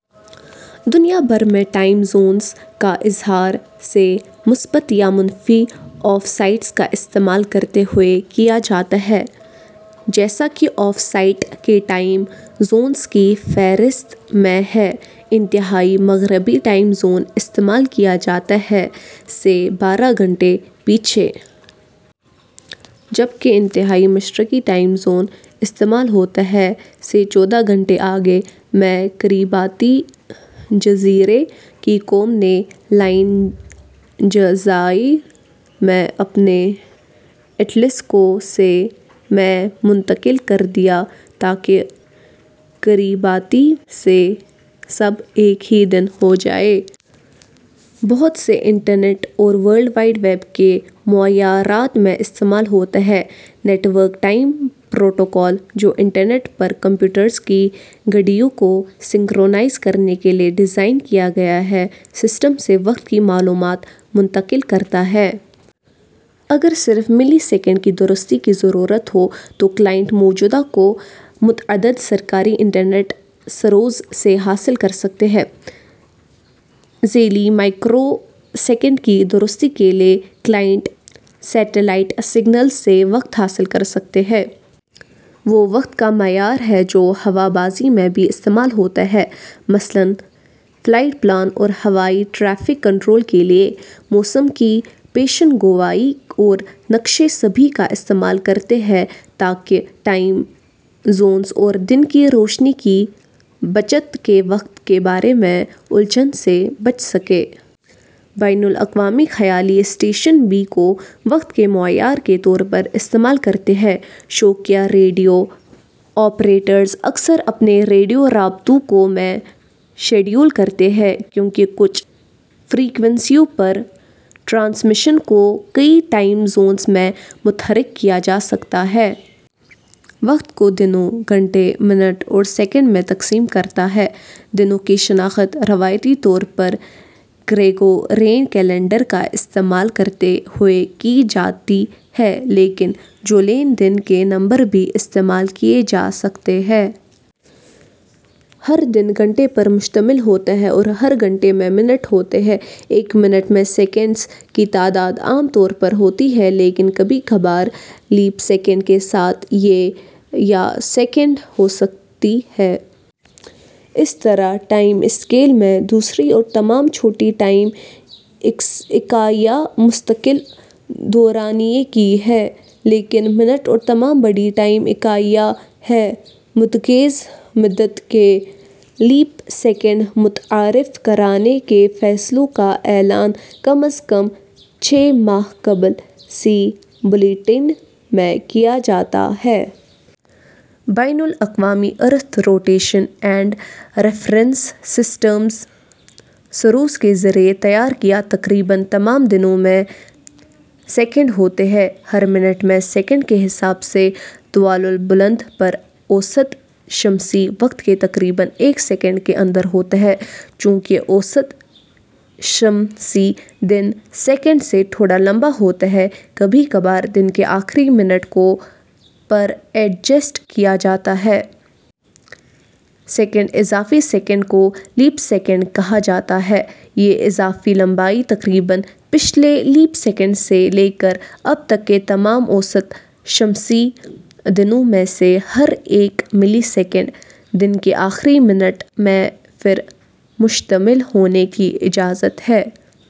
دنیا بھر میں ٹائم زونز کا اظہار سے مثبت یا منفی آفسیٹس کا استعمال کرتے ہوئے کیا جاتا ہے، جیسا کہ آفسیٹ کے ٹائم زونز کی فہرست میں ہے ۔ انتہائی مغربی ٹائم زون استعمال کیا جاتا ہے، سے بارہ گھنٹے پیچھے۔ جب کہ انتہائی مشرقی ٹائم زون + استعمال ہوتا ہے، سے چودہ گھنٹے آگے۔ میں، کریباتی جزیرے کی قوم نے لائن جزائر میں اپنے اٹلس کو سے + میں منتقل کر دیا تاکہ کریباتی سب ایک ہی دن ہو جائیں۔ بہت سے انٹرنیٹ اور ورلڈ وائڈ ویب کے معیارات میں استعمال ہوتا ہے۔ نیٹ ورک ٹائم پروٹوکول ، جو انٹرنیٹ پر کمپیوٹرز کی گھڑیوں کو سنکرونائز کرنے کے لیے ڈیزائن کیا گیا ہے، سسٹم سے وقت کی معلومات منتقل کرتا ہے۔ اگر صرف ملی سیکنڈ کی درستی کی ضرورت ہو، تو کلائنٹ موجودہ کو متعدد سرکاری انٹرنیٹ سرورز سے حاصل کر سکتے ہیں۔ ذیلی مائیکرو سیکنڈ کی درستی کے لیے، کلائنٹ سیٹلائٹ سگنلز سے وقت حاصل کر سکتے ہیں۔ وہ وقت کا معیار ہے جو ہوا بازی میں بھی استعمال ہوتا ہے، مثلاً فلائٹ پلان اور ہوائی ٹریفک کنٹرول کے لیے۔ موسم کی پیشن گوئیاں اور نقشے سبھی کا استعمال کرتے ہیں تاکہ ٹائم زونز اور دن کی روشنی کی بچت کے وقت کے بارے میں الجھن سے بچ سکیں۔ بین الاقوامی خلائی اسٹیشن بھی کو وقت کے معیار کے طور پر استعمال کرتے ہیں۔ شوقیہ ریڈیو آپریٹرز اکثر اپنے ریڈیو رابطوں کو میں شیڈول کرتے ہیں، کیونکہ کچھ فریکوئنسیوں پر ٹرانسمیشن کو کئی ٹائم زونز میں متحرک کیا جا سکتا ہے۔ وقت کو دنوں، گھنٹے، منٹ اور سیکنڈ میں تقسیم کرتا ہے۔ دنوں کی شناخت روایتی طور پر گریگورین کیلنڈر کا استعمال کرتے ہوئے کی جاتی ہے، لیکن جولین دن کے نمبر بھی استعمال کیے جا سکتے ہیں۔ ہر دن گھنٹے پر مشتمل ہوتا ہے اور ہر گھنٹے میں منٹ ہوتے ہیں۔ ایک منٹ میں سیکنڈز کی تعداد عام طور پر ہوتی ہے، لیکن کبھی کبھار لیپ سیکنڈ کے ساتھ، یہ یا سیکنڈ ہو سکتی ہے۔ اس طرح، ٹائم اسکیل میں، دوسری اور تمام چھوٹی ٹائم اکائیاں مستقل دورانیے کی ہیں، لیکن منٹ اور تمام بڑی ٹائم اکائیاں ہیں۔ متغیر مدت کے. لیپ سیکنڈ متعارف کرانے کے فیصلوں کا اعلان کم از کم چھ ماہ قبل "سی بلیٹن" میں کیا جاتا ہے۔ بین الاقوامی earth rotation and reference systems service کے ذریعہ تیار کیا تقریباً تمام دنوں میں سیکنڈ ہوتے ہیں۔ ہر منٹ میں سیکنڈ کے حساب سے. طول البلد پر اوسط شمسی وقت کے تقریباً ایک سیکنڈ کے اندر ہوتا ہے، چونکہ اوسط شمسی دن سیکنڈ سے تھوڑا لمبا ہوتا ہے، کبھی کبھار دن کے آخری منٹ کو پر ایڈجسٹ کیا جاتا ہے۔ سیکنڈ اضافی سیکنڈ کو لیپ سیکنڈ کہا جاتا ہے۔ یہ اضافی لمبائی تقریبا پچھلے لیپ سیکنڈ سے لے کر اب تک کے تمام اوسط شمسی دنوں میں سے ہر ایک ملی سیکنڈ۔ دن کے آخری منٹ میں پر مشتمل ہونے کی اجازت ہے۔